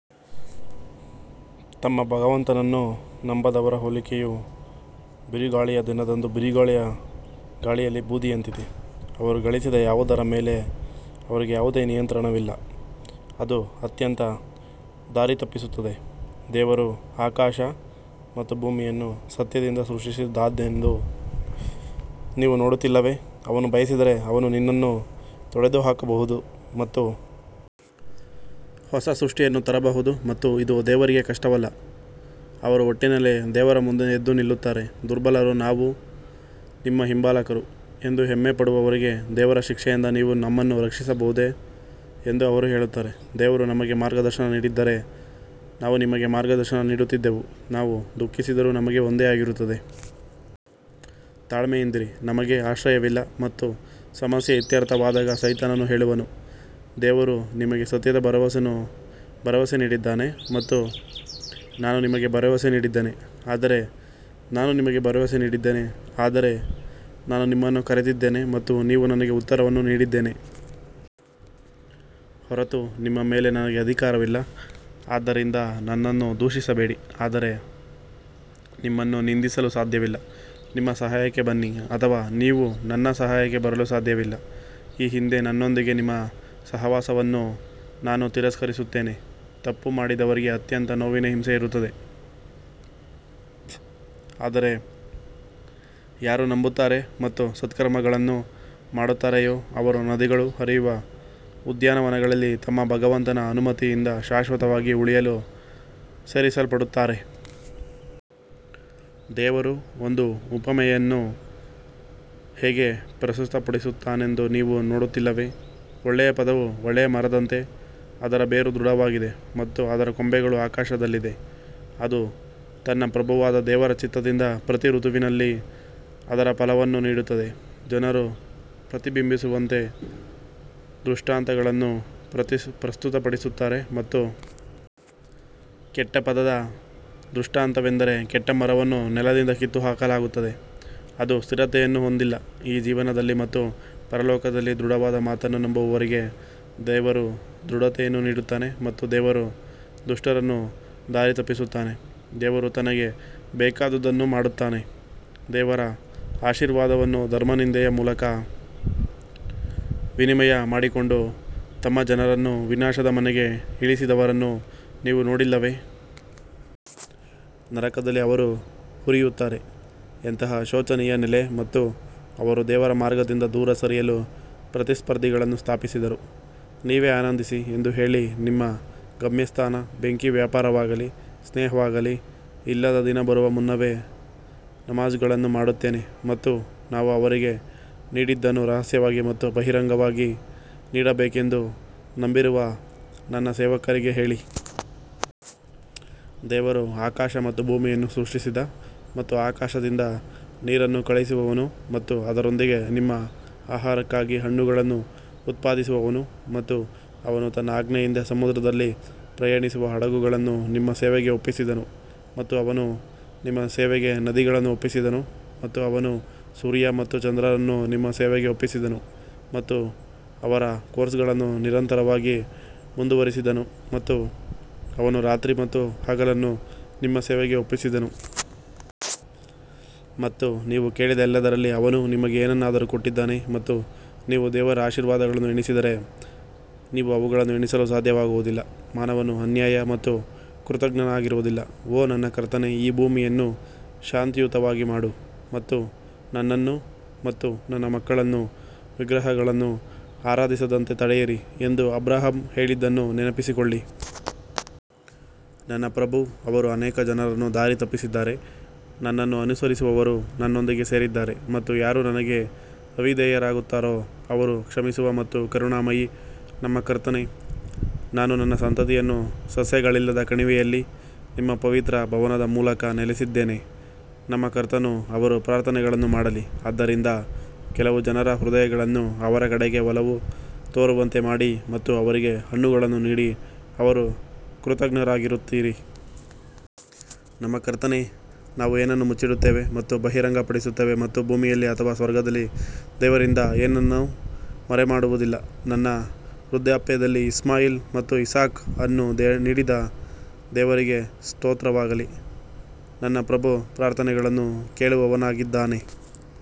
ತಮ್ಮ ಭಗವಂತನನ್ನು ನಂಬದವರ ಹೋಲಿಕೆಯು ಬಿರುಗಾಳಿಯ ದಿನದಂದು ಬಿರುಗಾಳಿಯ ಗಾಳಿಯಲ್ಲಿ ಬೂದಿಯಂತಿದೆ, ಅವರು ಗಳಿಸಿದ ಯಾವುದರ ಮೇಲೆ ಅವರಿಗೆ ಯಾವುದೇ ನಿಯಂತ್ರಣವಿಲ್ಲ ಅದು ಅತ್ಯಂತ ದಾರಿತಪ್ಪಿಸುತ್ತದೆ. ದೇವರು ಆಕಾಶ ಮತ್ತು ಭೂಮಿಯನ್ನು ಸತ್ಯದಿಂದ ಸೃಷ್ಟಿಸಿದ್ದಾನೆಂದು ನೀವು ನೋಡುತ್ತಿಲ್ಲವೇ, ಅವನು ಬಯಸಿದರೆ ಅವನು ನಿನ್ನನ್ನು ತೊಡೆದುಹಾಕಬಹುದು ಮತ್ತು ಹೊಸ ಸೃಷ್ಟಿಯನ್ನು ತರಬಹುದು ಮತ್ತು ಇದು ದೇವರಿಗೆ ಕಷ್ಟವಲ್ಲ ಅವರು ಒಟ್ಟಿನಲ್ಲಿ ದೇವರ ಮುಂದೆ ಎದ್ದು ನಿಲ್ಲುತ್ತಾರೆ ದುರ್ಬಲರು ನಾವು ನಿಮ್ಮ ಹಿಂಬಾಲಕರು ಎಂದು ಹೆಮ್ಮೆ ಪಡುವವರಿಗೆ ದೇವರ ಶಿಕ್ಷೆಯಿಂದ ನೀವು ನಮ್ಮನ್ನು ರಕ್ಷಿಸಬಹುದೇ ಎಂದು ಅವರು ಹೇಳುತ್ತಾರೆ ದೇವರು ನಮಗೆ ಮಾರ್ಗದರ್ಶನ ನೀಡಿದ್ದರೆ ನಾವು ನಿಮಗೆ ಮಾರ್ಗದರ್ಶನ ನೀಡುತ್ತಿದ್ದೆವು ನಾವು ದುಃಖಿಸಿದರೂ ನಮಗೆ ಒಂದೇ ಆಗಿರುತ್ತದೆ. ತಾಳ್ಮೆಯಿಂದಿರಿ ನಮಗೆ ಆಶ್ರಯವಿಲ್ಲ ಮತ್ತು ಸಮಸ್ಯೆ ಇತ್ಯರ್ಥವಾದಾಗ ಸೈತಾನನು ಹೇಳುವನು, ದೇವರು ನಿಮಗೆ ಸತ್ಯದ ಭರವಸೆಯನ್ನು ಭರವಸೆ ನೀಡಿದ್ದಾನೆ ಮತ್ತು ನಾನು ನಿಮಗೆ ಭರವಸೆ ನೀಡಿದ್ದೇನೆ ಆದರೆ ನಾನು ನಿಮಗೆ ಭರವಸೆ ನೀಡಿದ್ದೇನೆ ಆದರೆ ನಾನು ನಿಮ್ಮನ್ನು ಕರೆದಿದ್ದೇನೆ ಮತ್ತು ನೀವು ನನಗೆ ಉತ್ತರವನ್ನು ನೀಡಿದ್ದೇನೆ ಹೊರತು ನಿಮ್ಮ ಮೇಲೆ ನನಗೆ ಅಧಿಕಾರವಿಲ್ಲ ಆದ್ದರಿಂದ ನನ್ನನ್ನು ದೂಷಿಸಬೇಡಿ ಆದರೆ ನಿಮ್ಮನ್ನು ನಿಂದಿಸಲು ಸಾಧ್ಯವಿಲ್ಲ ನಿಮ್ಮ ಸಹಾಯಕ್ಕೆ ಬನ್ನಿ ಅಥವಾ ನೀವು ನನ್ನ ಸಹಾಯಕ್ಕೆ ಬರಲು ಸಾಧ್ಯವಿಲ್ಲ ಈ ಹಿಂದೆ ನನ್ನೊಂದಿಗೆ ನಿಮ್ಮ ಸಹವಾಸವನ್ನು ನಾನು ತಿರಸ್ಕರಿಸುತ್ತೇನೆ ತಪ್ಪು ಮಾಡಿದವರಿಗೆ ಅತ್ಯಂತ ನೋವಿನ ಹಿಂಸೆ ಇರುತ್ತದೆ ಆದರೆ ಯಾರು ನಂಬುತ್ತಾರೆ ಮತ್ತು ಸತ್ಕರ್ಮಗಳನ್ನು ಮಾಡುತ್ತಾರೆಯೋ ಅವರು ನದಿಗಳು ಹರಿಯುವ ಉದ್ಯಾನವನಗಳಲ್ಲಿ ತಮ್ಮ ಭಗವಂತನ ಅನುಮತಿಯಿಂದ ಶಾಶ್ವತವಾಗಿ ಉಳಿಯಲು ಸೇರಿಸಲ್ಪಡುತ್ತಾರೆ. ದೇವರು ಒಂದು ಉಪಮೆಯನ್ನು ಹೇಗೆ ಪ್ರಸ್ತುತಪಡಿಸುತ್ತಾನೆಂದು ನೀವು ನೋಡುತ್ತಿಲ್ಲವೇ, ಒಳ್ಳೆಯ ಪದವು ಒಳ್ಳೆಯ ಮರದಂತೆ ಅದರ ಬೇರು ದೃಢವಾಗಿದೆ ಮತ್ತು ಅದರ ಕೊಂಬೆಗಳು ಆಕಾಶದಲ್ಲಿದೆ ಅದು ತನ್ನ ಪ್ರಭುವಾದ ದೇವರ ಚಿತ್ತದಿಂದ ಪ್ರತಿ ಋತುವಿನಲ್ಲಿ ಅದರ ಫಲವನ್ನು ನೀಡುತ್ತದೆ, ಜನರು ಪ್ರತಿಬಿಂಬಿಸುವಂತೆ ದೃಷ್ಟಾಂತಗಳನ್ನು ಪ್ರಸ್ತುತಪಡಿಸುತ್ತಾರೆ ಮತ್ತು ಕೆಟ್ಟ ಪದದ ದೃಷ್ಟಾಂತವೆಂದರೆ ಕೆಟ್ಟ ಮರವನ್ನು ನೆಲದಿಂದ ಕಿತ್ತುಹಾಕಲಾಗುತ್ತದೆ, ಅದು ಸ್ಥಿರತೆಯನ್ನು ಹೊಂದಿಲ್ಲ ಈ ಜೀವನದಲ್ಲಿ ಮತ್ತು ಪರಲೋಕದಲ್ಲಿ ದೃಢವಾದ ಮಾತನ್ನು ನಂಬುವವರಿಗೆ ದೇವರು ದೃಢತೆಯನ್ನು ನೀಡುತ್ತಾನೆ ಮತ್ತು ದೇವರು ದುಷ್ಟರನ್ನು ದಾರಿತಪ್ಪಿಸುತ್ತಾನೆ ದೇವರು ತನಗೆ ಬೇಕಾದುದನ್ನು ಮಾಡುತ್ತಾನೆ ದೇವರ ಆಶೀರ್ವಾದವನ್ನು ಧರ್ಮನಿಂದೆಯ ಮೂಲಕ ವಿನಿಮಯ ಮಾಡಿಕೊಂಡು ತಮ್ಮ ಜನರನ್ನು ವಿನಾಶದ ಮನೆಗೆ ಇಳಿಸಿದವರನ್ನು ನೀವು ನೋಡಿಲ್ಲವೇ? ನರಕದಲ್ಲಿ ಅವರು ಹುರಿಯುತ್ತಾರೆ ಎಂತಹ ಶೋಚನೀಯ ನೆಲೆ ಮತ್ತು ಅವರು ದೇವರ ಮಾರ್ಗದಿಂದ ದೂರ ಸರಿಯಲು ಪ್ರತಿಸ್ಪರ್ಧಿಗಳನ್ನು ಸ್ಥಾಪಿಸಿದರು, ನೀವೇ ಆನಂದಿಸಿ ಎಂದು ಹೇಳಿ ನಿಮ್ಮ ಗಮ್ಯಸ್ಥಾನ ಬೆಂಕಿ ವ್ಯಾಪಾರವಾಗಲಿ, ಸ್ನೇಹವಾಗಲಿ ಇಲ್ಲದ ದಿನ ಬರುವ ಮುನ್ನವೇ ನಮಾಝ್ಗಳನ್ನು ಮಾಡುತ್ತೇನೆ ಮತ್ತು ನಾವು ಅವರಿಗೆ ನೀಡಿದ್ದನ್ನು ರಹಸ್ಯವಾಗಿ ಮತ್ತು ಬಹಿರಂಗವಾಗಿ ನೀಡಬೇಕೆಂದು ನಂಬಿರುವ ನನ್ನ ಸೇವಕರಿಗೆ ಹೇಳಿ. ದೇವರು ಆಕಾಶ ಮತ್ತು ಭೂಮಿಯನ್ನು ಸೃಷ್ಟಿಸಿದ ಮತ್ತು ಆಕಾಶದಿಂದ ನೀರನ್ನು ಕಳುಹಿಸುವವನು ಮತ್ತು ಅದರೊಂದಿಗೆ ನಿಮ್ಮ ಆಹಾರಕ್ಕಾಗಿ ಹಣ್ಣುಗಳನ್ನು ಉತ್ಪಾದಿಸುವವನು ಮತ್ತು ಅವನು ತನ್ನ ಆಜ್ಞೆಯಿಂದ ಸಮುದ್ರದಲ್ಲಿ ಪ್ರಯಾಣಿಸುವ ಹಡಗುಗಳನ್ನು ನಿಮ್ಮ ಸೇವೆಗೆ ಒಪ್ಪಿಸಿದನು ಮತ್ತು ಅವನು ನಿಮ್ಮ ಸೇವೆಗೆ ನದಿಗಳನ್ನು ಒಪ್ಪಿಸಿದನು. ಮತ್ತು ಅವನು ಸೂರ್ಯ ಮತ್ತು ಚಂದ್ರರನ್ನು ನಿಮ್ಮ ಸೇವೆಗೆ ಒಪ್ಪಿಸಿದನು ಮತ್ತು ಅವರ ಕೋರ್ಸ್ಗಳನ್ನು ನಿರಂತರವಾಗಿ ಮುಂದುವರಿಸಿದನು ಮತ್ತು ಅವನು ರಾತ್ರಿ ಮತ್ತು ಹಗಲನ್ನು ನಿಮ್ಮ ಸೇವೆಗೆ ಒಪ್ಪಿಸಿದನು. ಮತ್ತು ನೀವು ಕೇಳಿದ ಎಲ್ಲದರಲ್ಲಿ ಅವನು ನಿಮಗೆ ಏನನ್ನಾದರೂ ಕೊಟ್ಟಿದ್ದಾನೆ ಮತ್ತು ನೀವು ದೇವರ ಆಶೀರ್ವಾದಗಳನ್ನು ಎಣಿಸಿದರೆ ನೀವು ಅವುಗಳನ್ನು ಎಣಿಸಲು ಸಾಧ್ಯವಾಗುವುದಿಲ್ಲ ಮಾನವನು ಅನ್ಯಾಯ ಮತ್ತು ಕೃತಜ್ಞನಾಗಿರುವುದಿಲ್ಲ ಓ ನನ್ನ ಕರ್ತನೇ ಈ ಭೂಮಿಯನ್ನು ಶಾಂತಿಯುತವಾಗಿ ಮಾಡು ಮತ್ತು ನನ್ನನ್ನು ಮತ್ತು ನನ್ನ ಮಕ್ಕಳನ್ನು ವಿಗ್ರಹಗಳನ್ನು ಆರಾಧಿಸದಂತೆ ತಡೆಯಿರಿ ಎಂದು ಅಬ್ರಹಾಂ ಹೇಳಿದ್ದನ್ನು ನೆನಪಿಸಿಕೊಳ್ಳಿ. ನನ್ನ ಪ್ರಭೂ ಅವರು ಅನೇಕ ಜನರನ್ನು ದಾರಿ ತಪ್ಪಿಸಿದ್ದಾರೆ ನನ್ನನ್ನು ಅನುಸರಿಸುವವರು ನನ್ನೊಂದಿಗೆ ಸೇರಿದ್ದಾರೆ ಮತ್ತು ಯಾರು ನನಗೆ ಅವಿಧೇಯರಾಗುತ್ತಾರೋ ಅವರು ಕ್ಷಮಿಸುವ ಮತ್ತು ಕರುಣಾಮಯಿ ನಮ್ಮ ಕರ್ತನೇ ನಾನು ನನ್ನ ಸಂತತಿಯನ್ನು ಸಸ್ಯಗಳಿಲ್ಲದ ಕಣಿವೆಯಲ್ಲಿ ನಿಮ್ಮ ಪವಿತ್ರ ಭವನದ ಮೂಲಕ ನೆಲೆಸಿದ್ದೇನೆ ನಮ್ಮ ಕರ್ತನು ಅವರು ಪ್ರಾರ್ಥನೆಗಳನ್ನು ಮಾಡಲಿ, ಆದ್ದರಿಂದ ಕೆಲವು ಜನರ ಹೃದಯಗಳನ್ನು ಅವರ ಕಡೆಗೆ ಒಲವು ತೋರುವಂತೆ ಮಾಡಿ ಮತ್ತು ಅವರಿಗೆ ಹಣ್ಣುಗಳನ್ನು ನೀಡಿ ಅವರು ಕೃತಜ್ಞರಾಗಿರುತ್ತೀರಿ. ನಮ್ಮ ಕರ್ತನೇ, ನಾವು ಏನು ಮುಚ್ಚಿಡುತ್ತೇವೆ ಮತ್ತು ಬಹಿರಂಗಪಡಿಸುತ್ತೇವೆ ಮತ್ತು ಭೂಮಿಯಲ್ಲಿ ಅಥವಾ ಸ್ವರ್ಗದಲ್ಲಿ ದೇವರಿಂದ ಏನನ್ನೂ ಮರೆಮಾಡುವುದಿಲ್ಲ ನನ್ನ ವೃದ್ಧಾಪ್ಯದಲ್ಲಿ ಇಸ್ಮಾಯಿಲ್ ಮತ್ತು ಇಸಾಕ್ ಅನ್ನು ನೀಡಿದ ದೇವರಿಗೆ ಸ್ತೋತ್ರವಾಗಲಿ, ನನ್ನ ಪ್ರಭು ಪ್ರಾರ್ಥನೆಗಳನ್ನು ಕೇಳುವವನಾಗಿದ್ದಾನೆ.